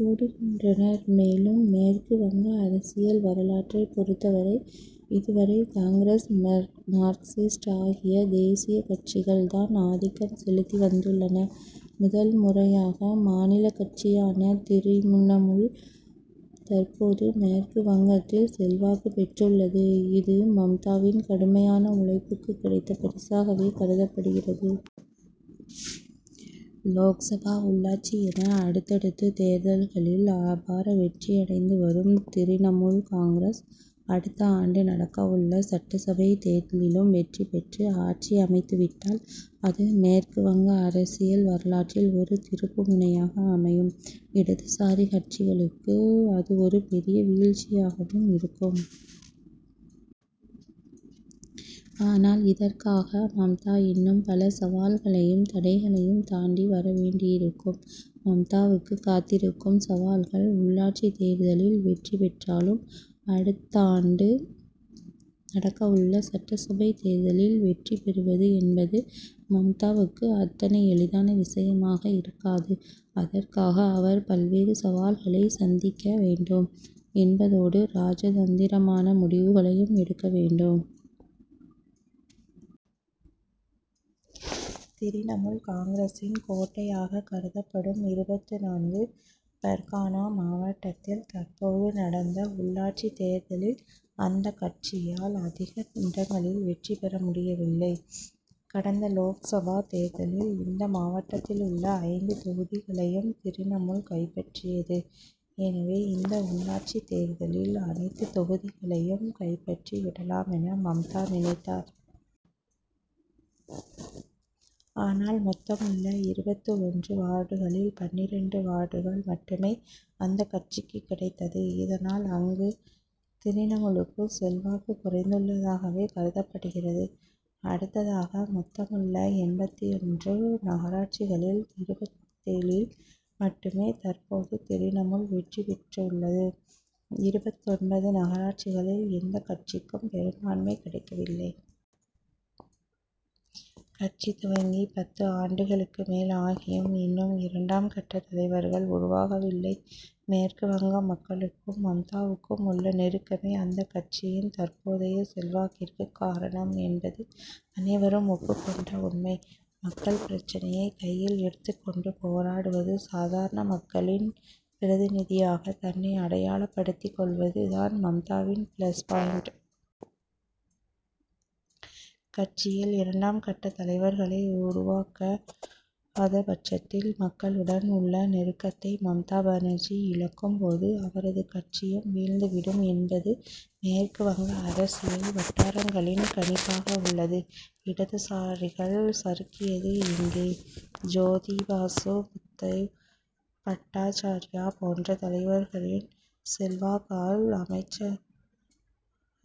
கூறுகின்றனர். மேலும் மேற்கு வங்க அரசியல் வரலாற்றை பொறுத்தவரை இதுவரை காங்கிரஸ் மார்க்சிஸ்ட் ஆகிய தேசிய கட்சிகள் தான் ஆதிக்கம் செலுத்தி வந்துள்ளன. முதல்முறையாக மாநில கட்சியான திரிணமுல் தற்போது மேற்கு வங்கத்தில் செல்வாக்கு பெற்றுள்ளது. இது மம்தாவின் கடுமையான உழைப்புக்கு கிடைத்த பரிசாகவே கருதப்படுகிறது. லோக்சபா உள்ளாட்சி என அடுத்தடுத்து தேர்தல்களில் அபார வெற்றியடைந்து வரும் திரிணமுல் காங்கிரஸ் அடுத்தாண்டு நடக்கவுள்ள சட்டசபை தேர்தலிலும் வெற்றி பெற்று ஆட்சி அமைத்துவிட்டால் அது மேற்கு வங்க அரசியல் வரலாற்றில் ஒரு திருப்பு முனையாக அமையும். இடதுசாரி கட்சிகளுக்கு அது ஒரு பெரிய வீழ்ச்சியாகவும் இருக்கும். ஆனால் இதற்காக மம்தா இன்னும் பல சாவல்களையும் தடைகளையும் தாண்டி வர வேண்டியிருக்கும். மம்தாவுக்கு காத்திருக்கும் சவால்கள் உள்ளாட்சி தேர்தலில் வெற்றி பெற்றாலும் அடுத்தாண்டு நடக்கவுள்ள சட்டசபை தேர்தலில் வெற்றி பெறுவது என்பது மம்தாவுக்கு அத்தனை எளிதான விஷயமாக இருக்காது. அதற்காக அவர் பல்வேறு சவால்களை சந்திக்க வேண்டும் என்பதோடு ராஜதந்திரமான முடிவுகளையும் எடுக்க வேண்டும். திரிணமுல் காங்கிரசின் கோட்டையாக கருதப்படும் இருபத்து நான்கு பர்கானா மாவட்டத்தில் தற்போது நடந்த உள்ளாட்சி தேர்தலில் அந்த கட்சியால் அதிக இடங்களில் வெற்றி பெற முடியவில்லை. கடந்த லோக்சபா தேர்தலில் இந்த மாவட்டத்திலுள்ள ஐந்து தொகுதிகளையும் திரிணமுல் கைப்பற்றியது. எனவே இந்த உள்ளாட்சி தேர்தலில் அனைத்து தொகுதிகளையும் கைப்பற்றி விடலாமென மம்தா நினைத்தார். ஆனால் மொத்தமுள்ள இருபத்து ஒன்று வார்டுகளில் பன்னிரண்டு வார்டுகள் மட்டுமே அந்த கட்சிக்கு கிடைத்தது. இதனால் அங்கு திரிணமுலுக்கு செல்வாக்கு குறைந்துள்ளதாகவே கருதப்படுகிறது. அடுத்ததாக மொத்தமுள்ள எண்பத்தொன்று நகராட்சிகளில் இருபத்தேழில் மட்டுமே தற்போது திரிணமுல் வெற்றி பெற்றுள்ளது. இருபத்தொன்பது நகராட்சிகளில் எந்த கட்சிக்கும் பெரும்பான்மை கிடைக்கவில்லை. கட்சி துவங்கி பத்து ஆண்டுகளுக்கு மேல் ஆகியும் இன்னும் இரண்டாம் கட்ட தலைவர்கள் உருவாகவில்லை. மேற்கு வங்க மக்களுக்கும் மம்தாவுக்கும் உள்ள நெருக்கமே அந்த கட்சியின் தற்போதைய செல்வாக்கிற்கு காரணம் என்பது அனைவரும் ஒப்புக் கொண்ட உண்மை. மக்கள் பிரச்னையை கையில் எடுத்து கொண்டு போராடுவது சாதாரண மக்களின் பிரதிநிதியாக தன்னை அடையாளப்படுத்தி கொள்வது தான் மம்தாவின் பிளஸ் பாயின்ட்! 'கட்சியில் இரண்டாம் கட்ட தலைவர்களை உருவாக்காதபட்சத்தில் மக்களுடன் உள்ள நெருக்கத்தை மம்தா பானர்ஜி இழக்கும்போது அவரது கட்சியும் வீழ்ந்து விடும் என்பது மேற்கு வங்க அரசியல் வட்டாரங்களின் கணிப்பாக உள்ளது. இடதுசாரிகள் சறுக்கியது எங்கே? ஜோதிபாசு புத்ததேவ் பட்டாச்சார்யா போன்ற தலைவர்களின் செல்வாக்கால்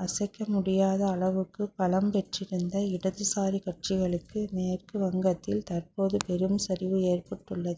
அசைக்க முடியாத அளவுக்கு பலம் பெற்றிருந்த இடதுசாரி கட்சிகளுக்கு மேற்கு வங்கத்தில் தற்போது பெரும் சரிவு ஏற்பட்டுள்ளது.